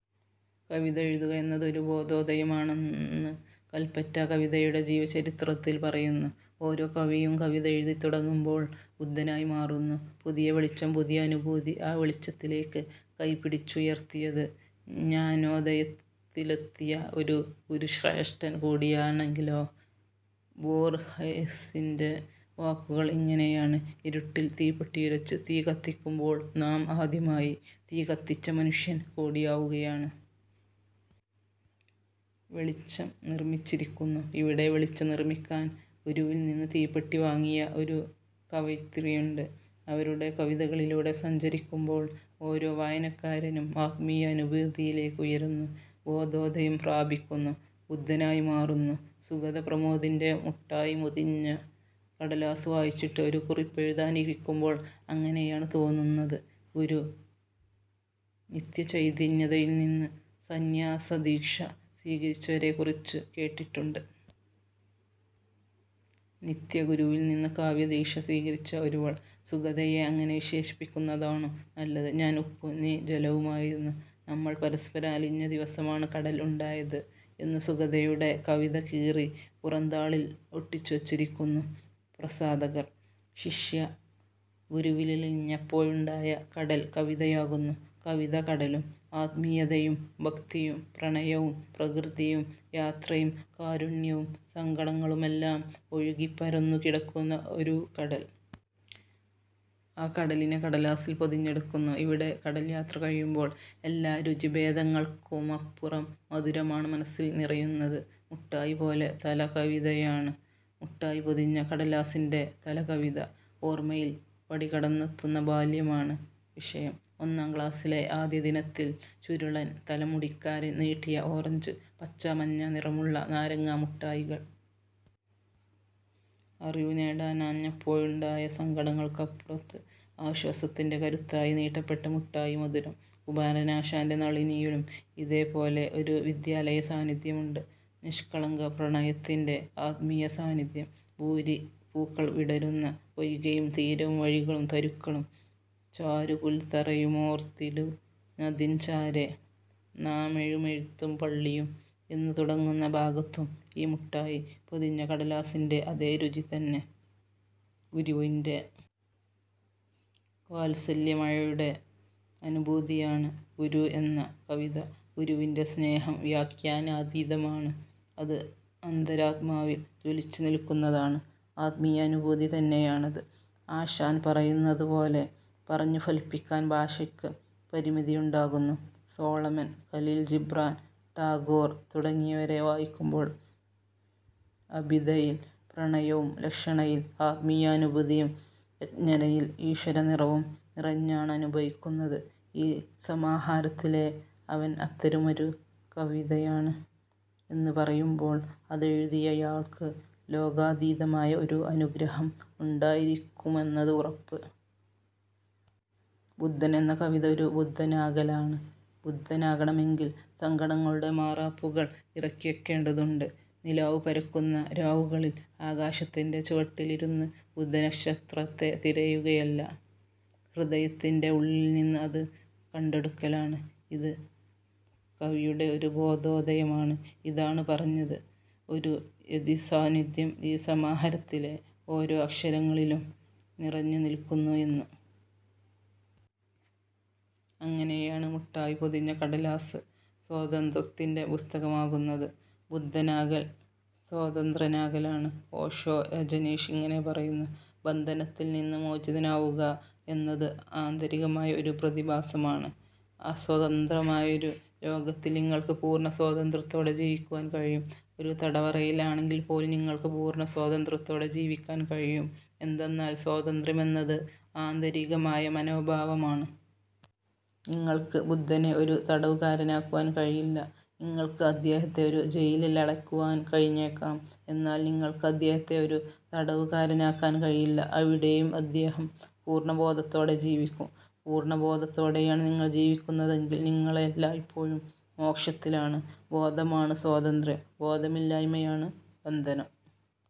കവിത എഴുതുക എന്നത് ഒരു ബോധോദയമാണെന്ന് കൽപറ്റ കവിതയുടെ ജീവചരിത്രത്തിൽ പറയുന്നു. ഓരോ കവിയും കവിത എഴുതിത്തുടങ്ങുമ്പോൾ ബുദ്ധനായി മാറുന്നു. പുതിയ വെളിച്ചം, പുതിയ അനുഭൂതി. ആ വെളിച്ചത്തിലേക്ക് കൈപിടിച്ചുയർത്തിയത് ജ്ഞാനോദയത്തിലെത്തിയ ഒരു ഗുരുശ്രേഷ്ഠൻ കൂടിയാണെങ്കിലോ. ബോർഹെസിൻ്റെ വാക്കുകൾ ഇങ്ങനെയാണ്. ഇരുട്ടിൽ തീപ്പെട്ടിയുരച്ച് തീ കത്തിക്കുമ്പോൾ നാം ആദ്യമായി തീ കത്തിച്ച മനുഷ്യൻ കൂടിയാവുകയാണ്. വെളിച്ചം നിർമിച്ചിരിക്കുന്നു. ഇവിടെ വെളിച്ചം നിർമിക്കാൻ ഗുരുവിൽനിന്ന് തീപ്പെട്ടി വാങ്ങിയ ഒരു കവയിത്രിയുണ്ട്. അവരുടെ കവിതകളിലൂടെ സഞ്ചരിക്കുമ്പോൾ ഓരോ വായനക്കാരനും ആത്മീയ അനുഭൂതിയിലേക്ക് ഉയരുന്നു, ബോധോദയം പ്രാപിക്കുന്നു, ബുദ്ധനായി മാറുന്നു. സുഗത പ്രമോദിൻ്റെ മുട്ടായി പൊതിഞ്ഞ കടലാസ് വായിച്ചിട്ട് ഒരു കുറിപ്പെഴുതാനിരിക്കുമ്പോൾ അങ്ങനെയാണ് തോന്നുന്നത്. ഗുരു നിത്യ ചൈതന്യയതിയിൽനിന്ന് സന്യാസദീക്ഷ സ്വീകരിച്ചവരെക്കുറിച്ച് കേട്ടിട്ടുണ്ട്. നിത്യഗുരുവിൽനിന്ന് കാവ്യദീക്ഷ സ്വീകരിച്ച ഒരുവൾ, സുഗതയെ അങ്ങനെ വിശേഷിപ്പിക്കുന്നതാണു നല്ലത്. ഞാൻ ഉപ്പും നീ ജലവുമായിരുന്നു. നമ്മൾ പരസ്പരം അലിഞ്ഞ ദിവസമാണ് കടൽ ഉണ്ടായത് എന്ന് സുഗതയുടെ കവിത കീറി പുറംതാളിൽ ഒട്ടിച്ചുവച്ചിരിക്കുന്നു പ്രസാധകർ. ശിഷ്യ ഗുരുവിലലിഞ്ഞപ്പോഴുണ്ടായ കടൽ കവിതയാകുന്നു. കവിത കടലും. ആത്മീയതയും ഭക്തിയും പ്രണയവും പ്രകൃതിയും യാത്രയും കാരുണ്യവും സങ്കടങ്ങളുമെല്ലാം ഒഴുകിപ്പരന്നു കിടക്കുന്ന ഒരു കടൽ. ആ കടലിനെ കടലാസിൽ പൊതിഞ്ഞെടുക്കുന്നു ഇവിടെ. കടൽയാത്ര കഴിയുമ്പോൾ എല്ലാ രുചിഭേദങ്ങൾക്കുമപ്പുറം മധുരമാണ് മനസ്സിൽ നിറയുന്നത്, മുട്ടായി പോലെ. തലക്കവിതയാണ് മുട്ടായി പൊതിഞ്ഞ കടലാസിൻ്റെ തലക്കവിത. ഓർമ്മയിൽ പടികടന്നെത്തുന്ന ബാല്യമാണ് വിഷയം. ഒന്നാം ക്ലാസിലെ ആദ്യദിനത്തിൽ ചുരുളൻ തലമുടിക്കാരൻ നീട്ടിയ ഓറഞ്ച്, പച്ച, മഞ്ഞ നിറമുള്ള നാരങ്ങ മുട്ടായികൾ. അറിവുനേടാനാഞ്ഞപ്പോഴുണ്ടായ സങ്കടങ്ങൾക്കപ്പുറത്ത് ആശ്വാസത്തിൻ്റെ കരുത്തായി നീട്ടപ്പെട്ട മുട്ടായി മധുരം. കുമാരനാശാൻ്റെ നളിനിയിലും ഇതേപോലെ ഒരു വിദ്യാലയ സാന്നിധ്യമുണ്ട്. നിഷ്കളങ്ക പ്രണയത്തിൻ്റെ ആത്മീയ സാന്നിധ്യം. ഭൂരിപൂക്കൾ വിടരുന്ന പൊയ്കയും തീരവും വഴികളും തരുക്കളും ചാരുപുൽത്തറയുമോർത്തിടുനതിൻ ചാരെ നാമെഴുമെഴുത്തുപള്ളിയും എന്ന് തുടങ്ങുന്ന ഭാഗത്തും ഈ മുട്ടായി പൊതിഞ്ഞ കടലാസിൻ്റെ അതേ രുചിതന്നെ. ഗുരുവിൻ്റെ വാത്സല്യമഴയുടെ അനുഭൂതിയാണ് ഗുരു എന്ന കവിത. ഗുരുവിൻ്റെ സ്നേഹം വ്യാഖ്യാനാതീതമാണ്. അത് അന്തരാത്മാവിൽ ജ്വലിച്ചുനിൽക്കുന്നതാണ്. ആത്മീയാനുഭൂതി തന്നെയാണത്. ആശാൻ പറയുന്നതുപോലെ പറഞ്ഞുഫലിപ്പിക്കാൻ ഭാഷയ്ക്ക് പരിമിതിയുണ്ടാകുന്നു. സോളമൻ, ഖലീൽ ജിബ്രാൻ, ടാഗോർ തുടങ്ങിയവരെ വായിക്കുമ്പോൾ അഭിധയിൽ പ്രണയവും ലക്ഷണയിൽ ആത്മീയാനുഭൂതിയും വ്യഞ്ജനയിൽ ഈശ്വരനിറവും നിറഞ്ഞാണനുഭവിക്കുന്നത്.ഈ സമാഹാരത്തിലെ അവൻ അത്തരമൊരു കവിതയാണ് എന്നു പറയുമ്പോൾ അതെഴുതിയയാൾക്ക് ലോകാതീതമായ ഒരു അനുഗ്രഹം ഉണ്ടായിരിക്കുമെന്നത് ഉറപ്പ്. ബുദ്ധൻ എന്ന കവിത ഒരു ബുദ്ധനാകലാണ്. ബുദ്ധനാകണമെങ്കിൽ സങ്കടങ്ങളുടെ മാറാപ്പുകൾ ഇറക്കിവയ്ക്കേണ്ടതുണ്ട്. നിലാവു പരക്കുന്ന രാവുകളിൽ ആകാശത്തിൻ്റെ ചുവട്ടിലിരുന്ന് ബുദ്ധനക്ഷത്രത്തെ തിരയുകയല്ല. ഹൃദയത്തിൻ്റെ ഉള്ളിൽനിന്ന് അത് കണ്ടെടുക്കലാണ്. ഇത് കവിയുടെ ഒരു ബോധോദയമാണ്. ഇതാണ് പറഞ്ഞത്, ഒരു യതിസാന്നിധ്യം ഈ സമാഹാരത്തിലെ ഓരോ അക്ഷരങ്ങളിലും നിറഞ്ഞുനിൽക്കുന്നു എന്ന്. അങ്ങനെയാണ് മുട്ടായി പൊതിഞ്ഞ കടലാസ് സ്വാതന്ത്ര്യത്തിൻ്റെ പുസ്തകമാകുന്നത്. ബുദ്ധനാകൽ സ്വതന്ത്രനാകലാണ്. ഓഷോ രജനീഷ് ഇങ്ങനെ പറയുന്നു. ബന്ധനത്തിൽനിന്ന് മോചിതനാവുക എന്നത് ആന്തരികമായ ഒരു പ്രതിഭാസമാണ്. അസ്വതന്ത്രമായൊരു ലോകത്തിൽ നിങ്ങൾക്ക് പൂർണ സ്വാതന്ത്ര്യത്തോടെ ജീവിക്കുവാൻ കഴിയും. ഒരു തടവറയിൽ ആണെങ്കിൽപ്പോലും നിങ്ങൾക്ക് പൂർണ സ്വാതന്ത്ര്യത്തോടെ ജീവിക്കാൻ കഴിയും. എന്തെന്നാൽ സ്വാതന്ത്ര്യമെന്നത് ആന്തരികമായ മനോഭാവമാണ്. നിങ്ങൾക്ക് ബുദ്ധനെ ഒരു തടവുകാരനാക്കുവാൻ കഴിയില്ല. നിങ്ങൾക്ക് അദ്ദേഹത്തെ ഒരു ജയിലിലടയ്ക്കുവാൻ കഴിഞ്ഞേക്കാം. എന്നാൽ നിങ്ങൾക്ക് അദ്ദേഹത്തെ ഒരു തടവുകാരനാക്കാൻ കഴിയില്ല. അവിടെയും അദ്ദേഹം പൂർണബോധത്തോടെ ജീവിക്കും. പൂർണബോധത്തോടെയാണ് നിങ്ങൾ ജീവിക്കുന്നതെങ്കിൽ, നിങ്ങളെല്ലായ്പ്പോഴും മോക്ഷത്തിലാണ്. ബോധമാണ് സ്വാതന്ത്ര്യം. ബോധമില്ലായ്മയാണ് ബന്ധനം.